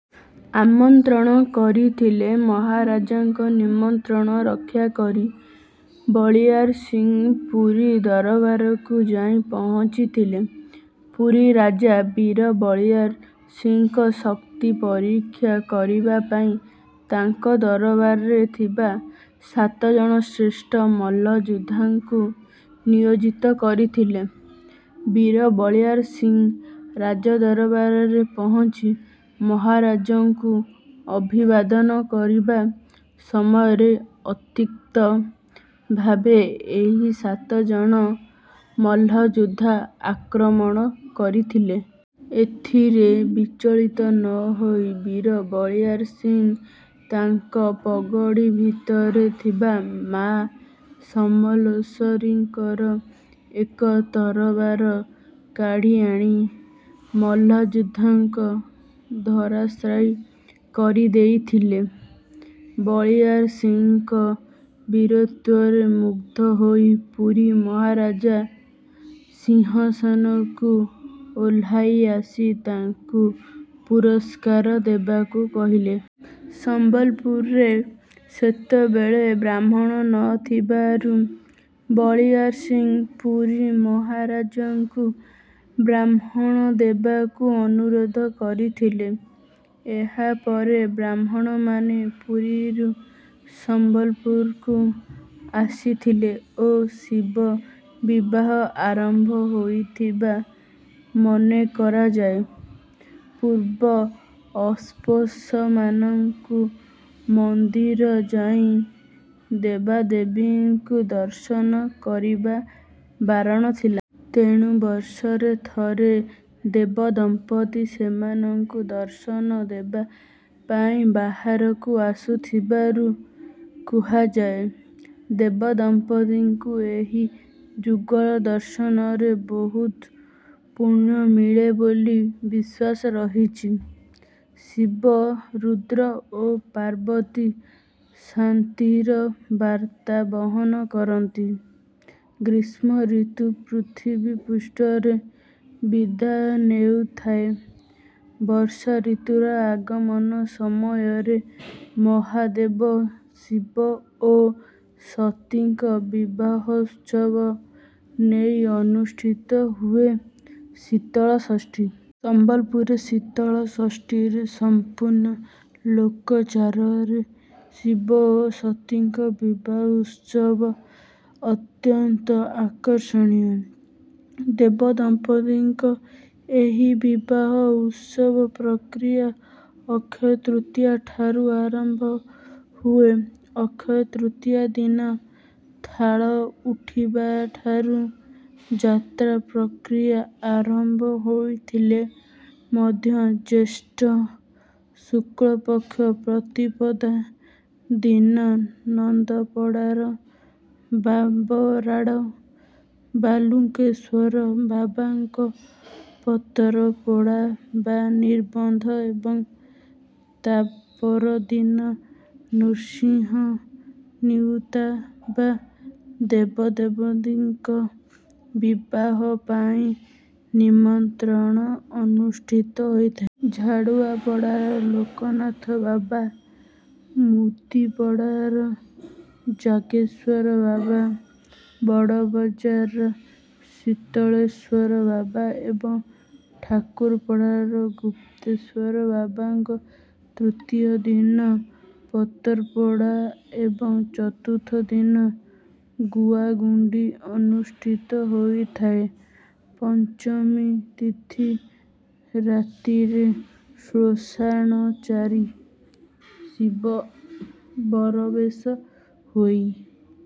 ଆମନ୍ତ୍ରଣ କରିଥିଲେ। ମହାରାଜଙ୍କ ନିମନ୍ତ୍ରଣ ରକ୍ଷା କରି ବଳିୟାର ସିଂହ ପୁରୀ ଦରବାରକୁ ଯାଇ ପହଞ୍ଚିଥିଲେ। ପୁରୀ ରାଜା, ବୀର ବଳିୟାର ସିଂହଙ୍କ ଶକ୍ତି ପରୀକ୍ଷା କରିବା ପାଇଁ ତାଙ୍କ ଦରବାରରେ ଥିବା ସାତ ଜଣ ଶ୍ରେଷ୍ଠ ମଲ୍ଲଯୋଦ୍ଧାଙ୍କୁ ନିୟୋଜିତ କରିଥିଲେ। ବୀର ବଳିୟାର ସିଂହ ରାଜଦରବାରରେ ପହଞ୍ଚି ମହାରାଜଙ୍କୁ ଅଭିବାଦନ କରିବା ସମୟରେ ଅତର୍କିତ ଭାବେ ଏହି ସାତ ଜଣ ମଲ୍ଲଯୋଦ୍ଧା ଆକ୍ରମଣ କରିଥିଲେ। ଏଥିରେ ବିଚଳିତ ନ ହୋଇ ବୀର ବଳିୟାର ସିଂହ ତାଙ୍କ ପଗଡ଼ି ଭିତରେ ଥିବା ମା’ ସମଲେଶ୍ୱରୀଙ୍କ ଏକ ତରବାରି କାଢ଼ି ଆଣି ମଲ୍ଲଯୋଦ୍ଧାଙ୍କୁ ଧରାଶାୟୀ କରିଦେଇଥିଲେ। ବଳିୟାର ସିଂହଙ୍କ ବୀରତ୍ୱରେ ମୁଗ୍ଧ ହୋଇ ପୁରୀ ମହାରାଜ ସିଂହାସନରୁ ଓହ୍ଲାଇ ଆସି ତାଙ୍କୁ ପୁରସ୍କାର ଦେବାକୁ କହିଲେ। ସମ୍ବଲପୁରରେ ସେତେବେଳେ ବ୍ରାହ୍ମଣ ନ ଥିବାରୁ ବଳିୟାର ସିଂହ ପୁରୀ ମହାରାଜଙ୍କୁ ବ୍ରାହ୍ମଣ ଦେବାକୁ ଅନୁରୋଧ କରିଥିଲେ। ଏହା ପରେ ବ୍ରାହ୍ମଣମାନେ ପୁରୀରୁ ସମ୍ବଲପୁରକୁ ଆସିଥିଲେ ଓ ଶିବ ବିବାହ ଆରମ୍ଭ ହୋଇଥିବା ମନେ କରାଯାଏ। ପୂର୍ବେ ଅସ୍ପୃଶ୍ୟମାନଙ୍କୁ ମନ୍ଦିର ଯାଇ ଦେବଦେବୀଙ୍କୁ ଦର୍ଶନ କରିବା ବାରଣ ଥିଲା। ତେଣୁ ବର୍ଷରେ ଥରେ ଦେବଦମ୍ପତି ସେମାନଙ୍କୁ ଦର୍ଶନ ଦେବା ପାଇଁ ବାହାରକୁ ଆସୁଥିବାର କୁହାଯାଏ। ଦେବଦମ୍ପତିଙ୍କ ଏହି ଯୁଗଳ ଦର୍ଶନରେ ବହୁତ ପୁଣ୍ୟ ମିଳେ ବୋଲି ବିଶ୍ୱାସ ରହିଛି। ଶିବ ରୁଦ୍ର ଓ ପାର୍ବତୀ ଶାନ୍ତିର ବାର୍ତ୍ତା ବହନ କରନ୍ତି। ଗ୍ରୀଷ୍ମଋତୁ ପୃଥିବୀପୃଷ୍ଠରୁ ବିଦାୟ ନେଉଥାଏ, ବର୍ଷାଋତୁର ଆଗମନ ସମୟରେ ମହାଦେବ ଶିବ ଓ ସତୀଙ୍କ ବିବାହୋତ୍ସବକୁ ନେଇ ଅନୁଷ୍ଠିତ ହୁଏ ଶୀତଳଷଷ୍ଠୀ। ସମ୍ବଲପୁର ଶୀତଳଷଷ୍ଠୀରେ ସମ୍ପୂର୍ଣ୍ଣ ଲୋକାଚାରରେ ଶିବ ଓ ସତୀଙ୍କ ବିବାହୋତ୍ସବ ଅତ୍ୟନ୍ତ ଆକର୍ଷଣୀୟ। ଦେବଦମ୍ପତିଙ୍କ ଏହି ବିବାହ ଉତ୍ସବ ପ୍ରକ୍ରିୟା ଅକ୍ଷୟ ତୃତୀୟାଠାରୁ ଆରମ୍ଭ ହୁଏ। ଅକ୍ଷୟ ତୃତୀୟା ଦିନ ଥାଳ ଉଠିବାଠାରୁ ଯାତ୍ରା ପ୍ରକ୍ରିୟା ଆରମ୍ଭ ହୋଇଥିଲେ ମଧ୍ୟ ଜ୍ୟେଷ୍ଠ ଶୁକ୍ଳପକ୍ଷ ପ୍ରତିପଦା ଦିନ ନନ୍ଦପଡ଼ାର ବଂବରାଡ଼ ବାଲୁଙ୍କେଶ୍ୱର ବାବାଙ୍କ ପତରପେଁଡ଼ି ବା ନିବନ୍ଧ ଏବଂ ତା’ପରଦିନ ନୃସିଂହ ନିଉତା ବା ଦେବଦେବୀଙ୍କୁ ବିବାହ ପାଇଁ ନିମନ୍ତ୍ରଣ ଅନୁଷ୍ଠିତ ହୋଇଥାଏ। ଝାଡ଼ୁଆପଡ଼ାର ଲୋକନାଥ ବାବା, ମୁଦିପଡ଼ାର ଜାଗେଶ୍ୱର ବାବା, ବଡ଼ବଜାରର ଶୀତଳେଶ୍ୱର ବାବା ଏବଂ ଠାକୁରପଡ଼ାର ଗୁପ୍ତେଶ୍ୱର ବାବାଙ୍କ ତୃତୀୟା ଦିନ ପତରପେଁଡ଼ି ଏବଂ ଚତୁର୍ଥୀ ଦିନ ଗୁଆଗୁଣ୍ଡା ଅନୁଷ୍ଠିତ ହୋଇଥାଏ। ପଞ୍ଚମୀ ତିଥି ରାତିରେ ଶ୍ମଶାନଚାରୀ ଶିବ ବରବେଶ ହୋଇ...